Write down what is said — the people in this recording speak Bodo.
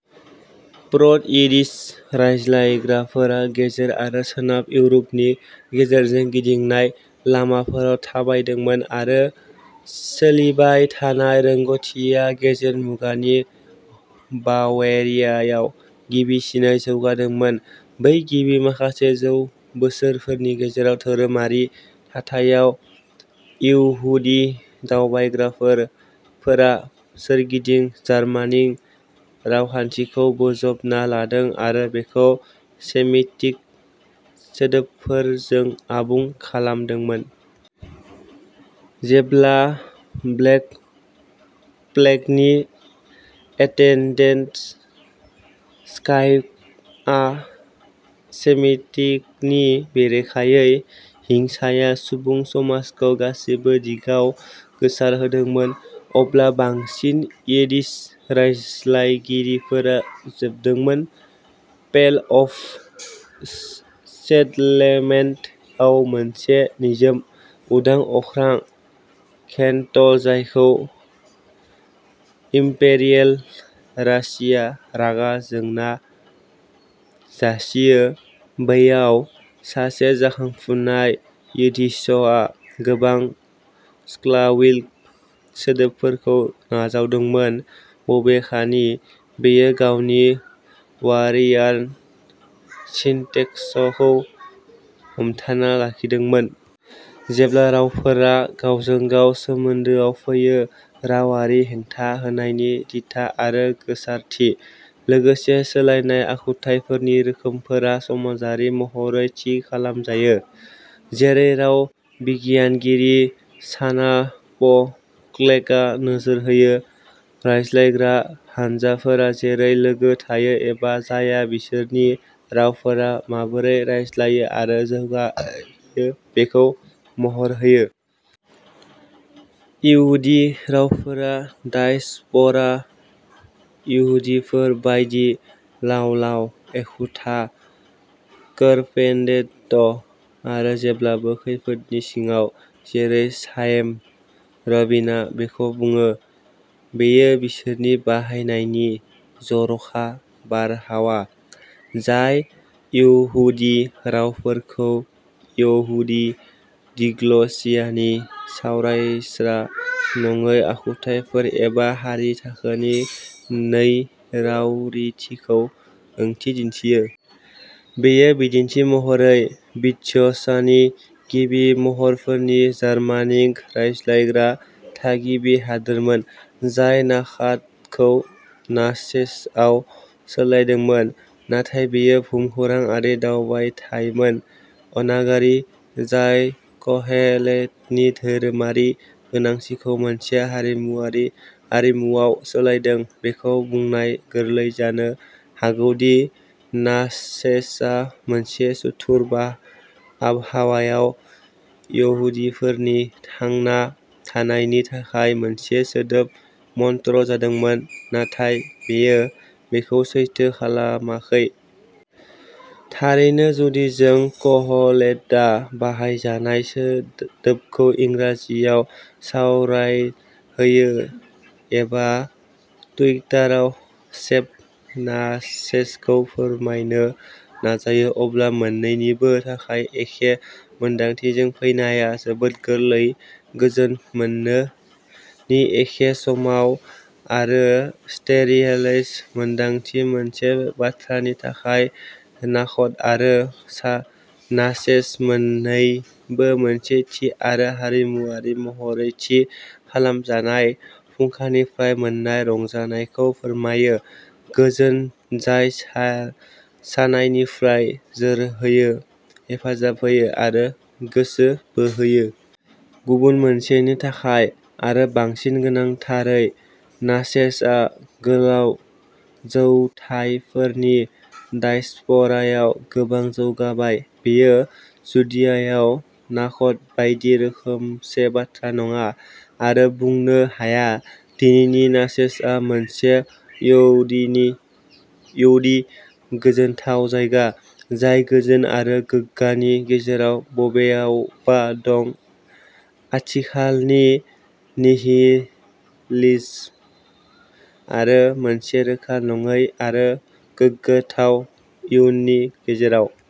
प्र'ट'- यिडिश रायज्लायग्राफोरा गेजेर आरो सोनाब इउर'पनि गेजेरजों गिदिंनाय लामाफोराव थाबायदोंमोन, आरो सोलिबाय थानाय रोंग'थिआ गेजेर मुगानि बावेरियायाव गिबिसिनै जौगादोंमोन। बै गिबि माखासे जौ बोसोरफोरनि गेजेर-धोरोमारि थाथायाव, इहुदि दावबायग्राफोरा सोरगिदिं जार्मानिक रावखान्थिखौ बोजबना लादोंमोन आरो बेखौ सेमिटिक सोदोबफोरजों आबुं खालामदोंमोन। जेब्ला ब्लेक प्लेगनि एटेन्डेन्ट स्पाइकआ सेमिटिकनि बेरेखायै हिंसाया सुबुं समाजखौ गासैबो दिगाव गोसारहोदोंमोन, अब्ला बांसिन यिडिश रायज्लायगिरिफोरा जोबदोंमोन। "पेल अफ सेटलमेन्ट" आव, मोनसे निजोम, उदां-अख्रां घेट्ट'जायखौ इम्पेरियेल रासिया रागा जोंना जासियो। बैयाव, सासे जाखांफुनाय यिद्दिशआ गोबां स्लाविक सोदोबफोरखौ नाजावदोंमोन, बबेखानि बेयो गावनि बावेरियान सिनटेक्सखौ हमथाना लाखिदोंमोन। जेब्ला रावफोरा गावजों गाव सोमोन्दोआव फैयो, "रावारि हेंथा होनायनि दिथा आरो गोसारथि, लोगोसे सोलायनाय आखुथायफोरनि रोखोमफोरा समाजारि महरै थि खालामजायो", जेरै राव बिगियानगिरि शाना प'प्लेकआ नोजोर होयो; रायज्लायग्रा हानजाफोरा जेरै लोगो-थायो-एबा जाया-बिसोरनि रावफोरा माबोरै रायज्लायो आरो जौगायो बेखौ महर होयो। इहुदि रावफोरा डायस्प'रा इहुदिफोर बायदिः लावलाव, एखुथा, कोडपेन्डेन्ट, आरो जेब्लाबो खैफोदनि सिङाव। जेरै चाइम राबिनआ बेखौ बुङो, बेयो बिसोरनि बाहायनायनि "जर'खा बारहावा" जाय इहुदि रावफोरखौ, इहुदि डिग्ल'सियानि सरासनस्रा नङै आखुथायफोर, एबा हारि-थाखोनि नै-रावारिथिखौ ओंथि दिन्थियो। बेयो बिदिन्थि महरै, यिद्दिशनि गिबि महरफोरनि जार्मानिक रायज्लायग्रा थागिबि हादोरमोन, जाय नाखातखौ नाचेसआव सोलायदोंमोन। नाथाय बेयो भुमखौराङारि दावबायथायमोन अनागारि, जाय क'हेलेटनि धोरोमारि गोनांथिखौ मोनसे हारिमुआरि आरिमुवाव सोलायदोंमोन। बेखौ बुंनाया गोरलै जानो हागौ दि नाचेसआ मोनसे सुथुर आबहावायाव इहुदिफोरनि थांना थानायनि थाखाय मोनसे सोदोब मन्त्र जादोंमोन, नाथाय बेयो बेखौ सैथो खालामाखै। थारैनो, जुदि जों क'हेलेटआ बाहायजानाय सोदोबखौ इंराजियाव रावस्लायहोयो-एबा टुइटाराव शेप नाचेसखौ फोरमायनो नाजायो-अब्ला मोन्नैनिबो थाखाय एखे मोन्दांथिजों फैनाया जोबोद गोरलै, "गोजोन मोननो" नि एखे समान आरो स्टेरिलाइज्ड मोनदांथि। मोनसे बाथ्रानि थाखाय, नाखट आरो नाचेस मोन्नैबो मोनसे थि आरो हारिमुआरि महरै थि खालामजानाय फुंखानिफ्राय मोन्नाय रंजानायखौ फोरमायोः गोजोन जाय सानायनिफ्राय जोरहोयो, हेफाजाब होयो, आरो गोसो बोहोयो। गुबुन मोनसेनि थाखाय, आरो बांसिन गोनांथारै, नाचेसआ गोलाव जौथायफोरनि डायस्प'रायाव गोबां जौगाबाय; बेयो जुडियायाव नाखट बायदि रोखोमसे बाथ्रा नङा, आरो बुंनो हाया। दिनैनि नाचेसआ मोनसे इहुदि गोजोनथाव जायगा, जाय गोजोन आरो गोग्गानि गेजेराव बबेयावबा दं, आथिखालनि निहिलिज्म आरो मोनसे रोखा नङै आरो गोग्गाथाव इयुननि गेजेराव।